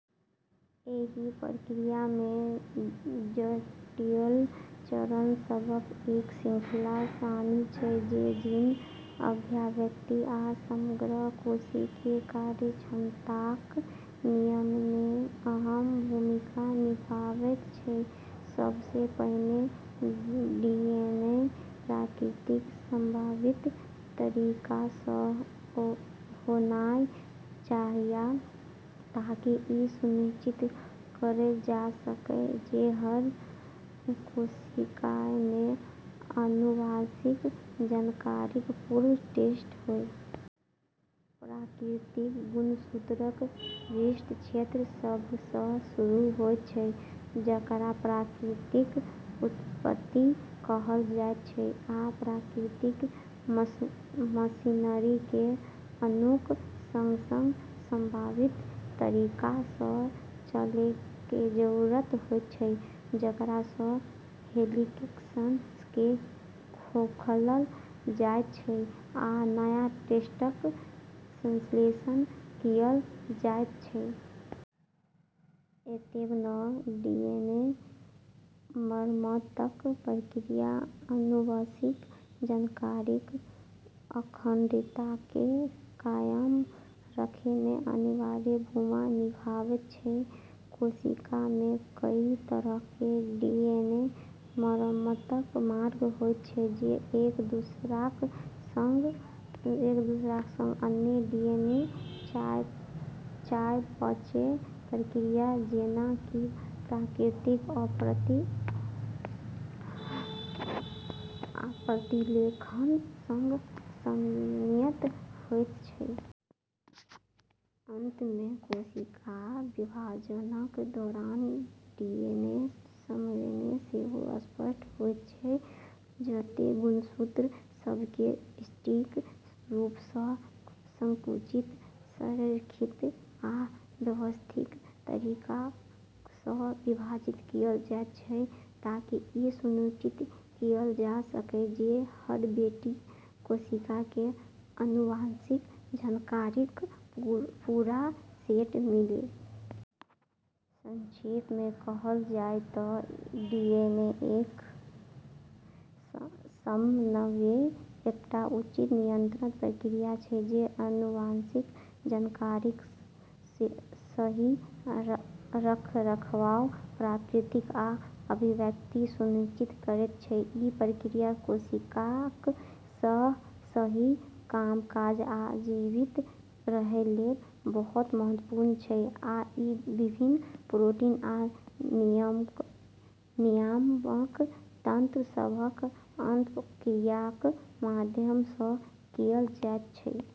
एहि प्रक्रियामे जटिल चरण सभक एक श्रृंखला शामिल छै जे जीन अभिव्यक्ति आ समग्र कोशिकीय कार्यक्षमताक नियमनमे अहम भूमिका निभाबैत छै। सबसँ पहिने डीएनए प्रतिकृति समन्वित तरीकासँ होनाइ चाहिया ताकि ई सुनिश्चित कएल जा सकय जे हर कोशिकामे आनुवंशिक जानकारीक पूरा सेट होय। प्रतिकृति गुणसूत्रक विशिष्ट क्षेत्र सभसँ शुरू होइत छै जेकरा प्रतिकृतिक उत्पत्ति कहल जाइत छै, आ प्रतिकृति मशीनरीकेँ अणुक संग-संग समन्वित तरीकासँ चलैक जरूरत होइत छै, जेकरासँ हेलिक्सकेँ खोलल जाइत छै आ नया स्ट्रैंडक संश्लेषण कएल जाइत छै। एतबे नहि, डीएनए मरम्मतक प्रक्रिया आनुवंशिक जानकारीक अखंडताकेँ कायम रखैमे अनिवार्य भूमिका निभाबैत छै। कोशिकामे कई तरहक डीएनए मरम्मतक मार्ग होइत छै जे एक-दूसराक संग आ अन्य डीएनए चयापचय प्रक्रिया जेना कि प्रतिकृति आ प्रतिलेखनक संग समन्वयित होइत छै। अंतमे, कोशिका विभाजनक दौरान डीएनए समन्वय सेहो स्पष्ट होइत छै, जतय गुणसूत्र सभकेँ सटीक रूपसँ संकुचित, संरेखित आ व्यवस्थित तरीकासँ विभाजित कएल जाइत छै ताकि ई सुनिश्चित कएल जा सकय जे हर बेटी कोशिकाकेँ आनुवंशिक जानकारीक पूरा सेट मिलय। संक्षेपमे कहल जाय तँ डीएनएक समन्वय एकटा उच्च नियंत्रित प्रक्रिया छै जे आनुवंशिक जानकारीक सही रखरखाव, प्रतिकृति आ अभिव्यक्ति सुनिश्चित करैत छै। ई प्रक्रिया कोशिकाक सही कामकाज आ जीवित रहैलेल बहुत महत्वपूर्ण छै आ ई विभिन्न प्रोटीन आ नियामक तंत्र सभक अंतःक्रियाक माध्यमसँ कएल जाइत छै।